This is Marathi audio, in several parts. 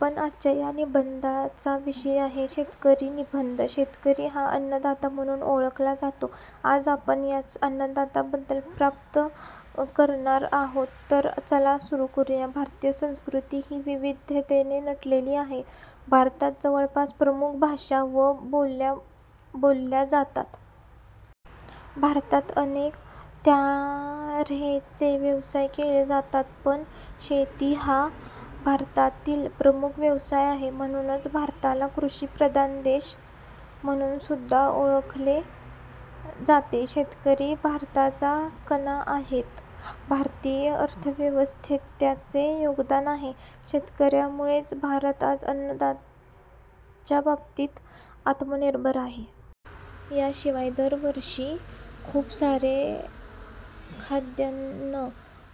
पण आजच्या या निबंधाचा विषय आहे शेतकरी निबंध मराठी. शेतकरी हा अन्नदाता म्हणून ओळखला जातो. आज आपण याच अन्नदात्याबद्दल प्राप्त करणार आहोत तर चला सुरू करुया. भारतीय संस्कृती ही विविधतेने नटलेली आहे. भारतात जवळपास प्रमुख भाषा व बोल्या बोलल्या जातात. भारतात अनेक तऱ्हेचे व्यवसाय केले जातात. पण शेती हा भारतातील प्रमुख व्यवसाय आहे. म्हणूनच भारताला 'कृषी प्रधान देश' म्हणून सुद्धा ओळखले जाते. शेतकरी भारताचा कणा आहेत. भारतीय अर्थव्यवस्थेत त्याचे योगदान आहे. शेतकऱ्यांमुळेच भारत आज अन्नाच्या बाबतीत आत्मनिर्भर आहे. या शिवाय दर वर्षी खूप सारे खाद्यान्न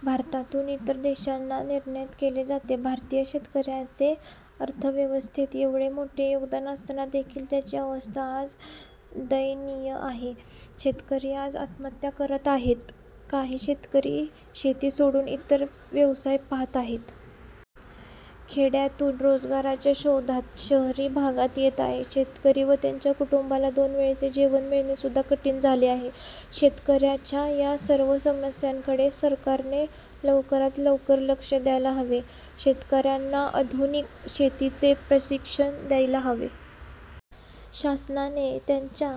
भारतातून इतर देशांना निर्यात केले जाते. भारतीय शेतकऱ्याचे अर्थव्यवस्थेत येवढे मोठे योगदान असताना देखील त्याची अवस्था आज दयनीय आहे. शेतकरी आज आत्महत्या करीत आहेत. काही शेतकरी शेती सोडून इतर व्यवसाय पाहत आहेत. खेड्यातून रोजगाराच्या शोधात शहरी भागात येत आहेत. शेतकरी व त्यांच्या कुटुंबाला दोन वेळेचे जेवण मिळणे सुद्धा कठीण झाले आहे. शेतकऱ्यांच्या या सर्व समस्यांकडे सरकारने लवकरात लवकर लक्ष द्यायला हवे. शेतकऱ्यांना आधुनिक शेतीचे प्रशिक्षण द्यायला हवे. शासनाने त्यांच्या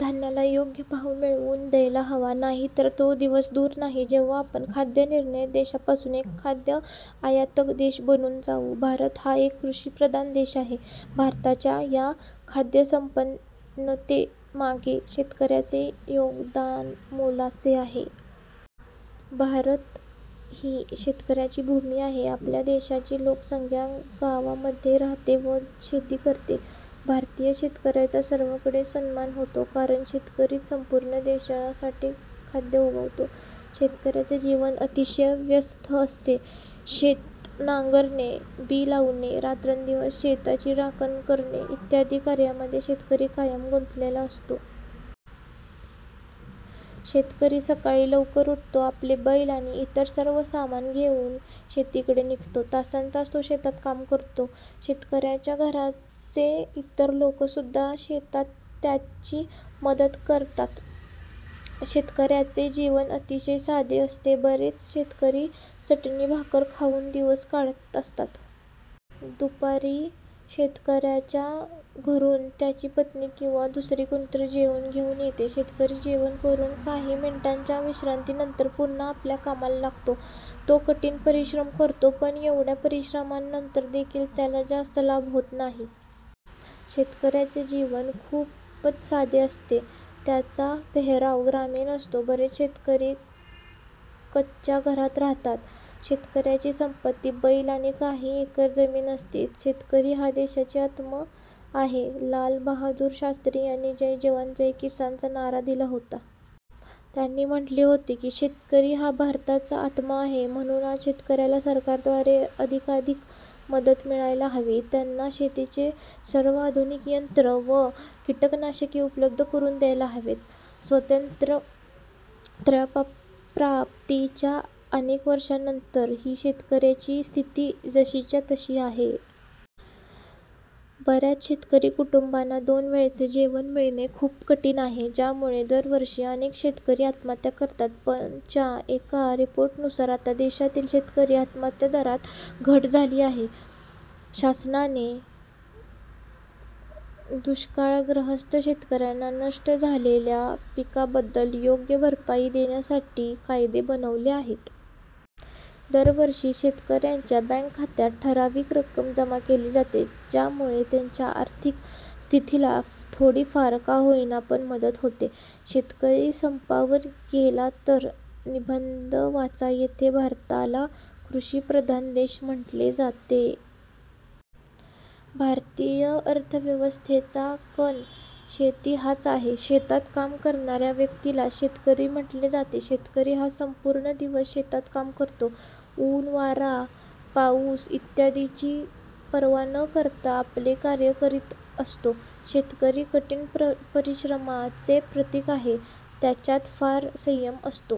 धान्याला योग्य भाव मिळवून द्यायला हवा. नाहीतर तो दिवस दूर नाही जेव्हा आपण खाद्य निर्यात देशापासून एक खाद्य आयातक देश बनून जाऊ. भारत हा एक कृषी प्रधान देश आहे. भारताच्या या खाद्य संपन्नते मागे शेतकऱ्याचे योगदान मोलाचे आहे. भारत ही शेतकऱ्याची भूमी आहे. आपल्या देशाची लोकसंख्या गावामध्ये राहते व शेती करते. भारतीय शेतकऱ्याचा सर्वकडे सन्मान होतो. कारण शेतकरीच संपूर्ण देशासाठी खाद्य उगवतो. शेतकऱ्याचे जीवन अतिशय व्यस्त असते. शेत नांगरणे, बी लावणे, रात्रंदिवस शेताची राखण करणे इत्यादी कार्यामध्ये शेतकरी कायम गुंतलेला असतो. शेतकरी सकाळी लवकर उठतो आपले बैल आणि इतर सर्व सामान घेऊन शेताकडे निघतो. तासनतास तो शेतात काम करतो. शेतकऱ्यांच्या घराचे इतर लोक सुद्धा शेतात त्याची मदत करतात. शेतकऱ्याचे जेवण अतिशय साधे असते. बरेच शेतकरी चटणी भाकर खाऊन दिवस काढत असतात. दुपारी शेतकऱ्यांच्या घरून त्याची पत्नी किंवा दुसरे कोणीतरी जेवण घेऊन येते. शेतकरी जेवण करून काही मिनिटांच्या विश्रांती नंतर पुन्हा आपल्या कामाला लागतो. तो कठीण परिश्रम करतो. पण एवढ्या परिश्रमानंतर देखील त्याला जास्त लाभ होत नाही. शेतकऱ्याचे जीवन खूपच साधे असते. त्याचा पेहराव ग्रामीण असतो. बरेच शेतकरी कच्या घरात राहतात. शेतकऱ्याची संपत्ती बैल आणि काही एकर जमीन असते. शेतकरी हा देशाची आत्मा असतो. लाल बहादूर शास्त्री यांनी 'जय जवान जय किसान' चा नारा दिला होता. त्यांनी म्हटले होते की शेतकरी हा भारताचा आत्मा आहे. म्हणून आज शेतकऱ्याला सरकार द्वारे अधिकाधिक मदत मिळायला हवी. त्यांना शेताचे सर्व आधुनिक यंत्र व कीटनाशके उपलब्ध करून द्यायला हवेत. स्वातंत्र्यप्राप्तीच्या अनेक वर्षांनंतर ही शेतकऱ्यांची स्थिती जशीच्या तशी आहे. बऱ्याच शेतकरी कुटुंबांना दोन वेळचे जेवण मिळणे देखील कठीण आहे. ज्यामुळे दरवर्षी अनेक शेतकरी आत्महत्या करतात. पण च्या एका रिपोर्टनुसार आता देशातील शेतकरी आत्महत्या दरात घट झाली आहे. शासनाने दुष्काळग्रस्त शेतकऱ्यांना नष्ट झालेल्या पिकाबद्दल योग्य भरपाई देण्यासाठी कायदे बनवले आहेत. दरवर्षी शेतकऱ्यांच्या बँक खात्यात ठराविक रक्कम जमा केली जाते. ज्यामुळे त्यांच्या आर्थिक स्थितीला थोडी फार का होईना पण मदत होते. शेतकरी संपावर गेला तर निबंध वाचा येथे भारताला कृषी प्रधान देश म्हटले जाते. भारतीय अर्थव्यवस्थेचा कणा शेती हाच आहे. शेतात काम करणाऱ्या व्यक्तीला शेतकरी म्हटले जाते. शेतकरी हा संपूर्ण दिवस शेतात काम करतो. ऊन, वारा, पाऊस इत्यादींची पर्वा न करता आपले कार्य करीत असतो. शेतकरी कठीण परिश्रमाचे प्रतीक आहे. त्याच्यात फार संयम असतो.